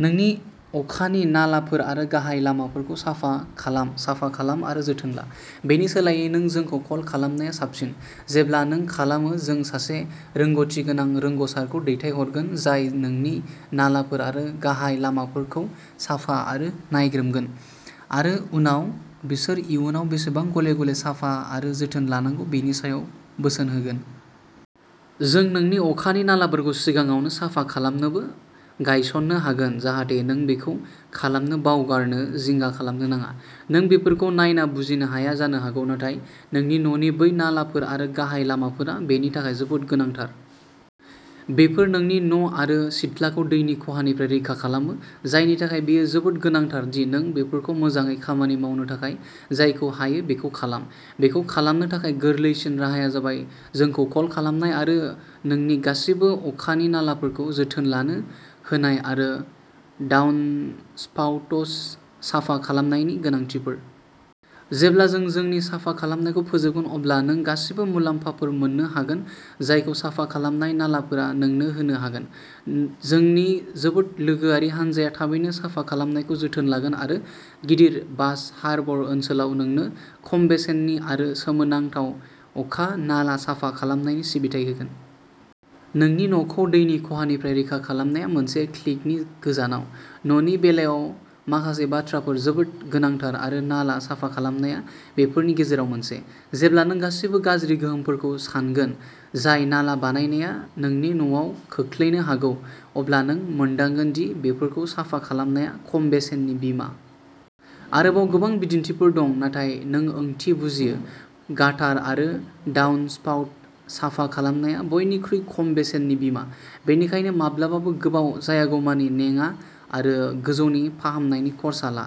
नोंनि अखानि नालाफोर आरो गाहाय लामाफोरखौ साफा खालाम, साफा खालाम आरो जोथोन ला, बेनि सोलायै नों जोंखौ कल खालामनाया साबसिन। जेब्ला नों खालामो, जों सासे रोंग'थिगोनां रोंग'सारखौ दैथायहरगोन जाय नोंनि नालाफोर आरो गाहाय लामाफोरखौ साफा आरो नायग्रोमगोन, आरो उनाव बिसोर इयुनाव बेसेबां गले-गले साफा आरो जोथोन लानांगौ बेनि सायाव बोसोन होगोन। जों नोंनि अखानि नालाफोरखौ सिगाङावनो साफा खालामनोबो गायसननो हागोन जाहाथे नों बेखौ खालामनो बावगारनो जिंगा खालामनो नाङा। नों बेफोरखौ नायना बुजिनो हाया जानो हागौ, नाथाय नोंनि न'नि बै नालाफोर आरो गाहाय लामाफोरा बेनि थाखाय जोबोद गोनांथार। बेफोर नोंनि न'आरो सिथ्लाखौ दैनि खहानिफ्राय रैखा खालामो, जायनि थाखाय बेयो जोबोद गोनांथार दि नों बेफोरखौ मोजाङै खामानि मावनो थाखाय जायखौ हायो बेखौ खालाम। बेखौ खालामनो थाखाय गोरलैसिन राहाया जाबाय जोंखौ कल खालामनाय आरो नोंनि गासिबो अखानि नालाफोरखौ जोथोन लानो होनाय आरो डाउनस्पाउटस साफा खालामनायनि गोनांथिफोर। जेब्ला जों जोंनि साफा खालामनायखौ फोजोबगोन, अब्ला नों गासिबो मुलाम्फाफोर मोन्नो हागोन जायखौ साफा खालामनाय नालाफोरा नोंनो होनो हागोन। जोंनि जोबोद लोगोआरि हानजाया थाबैनो साफा खालामनायखौ जोथोन लागोन आरो गिदिर बास हार्बर ओनसोलाव नोंनो खम बेसेननि आरो सोमोनांथाव अखा नाला साफा खालामनायनि सिबिथाइ होगोन। नोंनि न'खौ दैनि खहानिफ्राय रैखा खालामनाया मोनसे क्लिकनि गोजानाव! न'नि बेलायाव माखासे बाथ्राफोर जोबोद गोनांथार आरो नाला साफा खालामनाया बेफोरनि गेजेराव मोनसे। जेब्ला नों गासिबो गाज्रि गोहोमफोरखौ सान्गोन जाय नाला बानायनाया नोंनि न'आव खोख्लैनो हागौ, अब्ला नों मोनदांगोन दि बेफोरखौ साफा खालामनाया खम बेसेननि बीमा। आरोबाव गोबां बिदिन्थिफोर दं नाथाय नों ओंथि बुजियो। गाटार आरो डाउनस्पाउट साफा खालामनाया बयनिख्रुइ खम बेसेननि बीमा, बेनिखायनो माब्लाबाबो गोबाव जायागौमानि नेङा आरो गोजौनि फाहामनायनि खर्सा ला।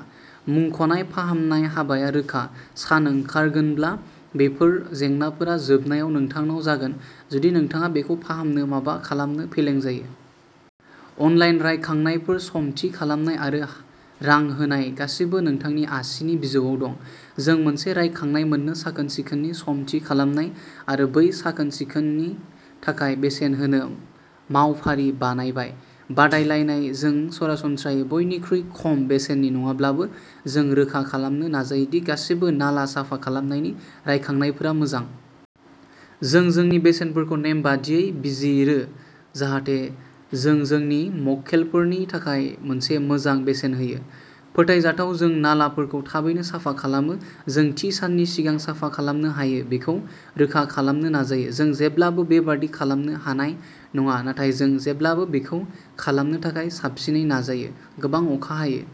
मुंख'नाय फाहामनाय हाबाया रोखा। सान ओंखारगोनब्ला, बेफोर जेंनाफोरा जोबनायाव नोंथांनाव जागोन जुदि नोंथाङा बेखौ फाहामनो माबा खालामनो फेलें जायो। अनलाइन रायखांनायफोर, सम थि खालामनाय, आरो रां होनाय-गासिबो नोंथांनि आसिनि बिजौआव दं। जों मोनसे रायखांनाय मोन्नो, साखोन-सिखोननि सम थि खालामनाय आरो बै साखोन-सिखोननि थाखाय बेसेन होनो मावफारि बानायबाय। बादायलायनाय-जों सरासनस्रायै बयनिख्रुइ खम बेसेननि नङाब्लाबो, जों रोखा खालामनो नाजायो दि गासिबो नाला साफा खालामनायनि रायखांनायफोरा मोजां। जों जोंनि बेसेनफोरखौ नेमबादियै बिजिरो जाहाथे जों जोंनि मक्केलफोरनि थाखाय मोनसे मोजां बेसेन होयो। फोथायजाथाव-जों नालाफोरखौ थाबैनो साफा खालामो। जों थि साननि सिगां साफा खालामनो हायो बेखौ रोखा खालामनो नाजायो। जों जेब्लाबो बेबादि खालामनो हानाय नङा, नाथाय जों जेब्लाबो बेखौ खालामनो थाखाय साबसिनै नाजायो। गोबां अखा हायो।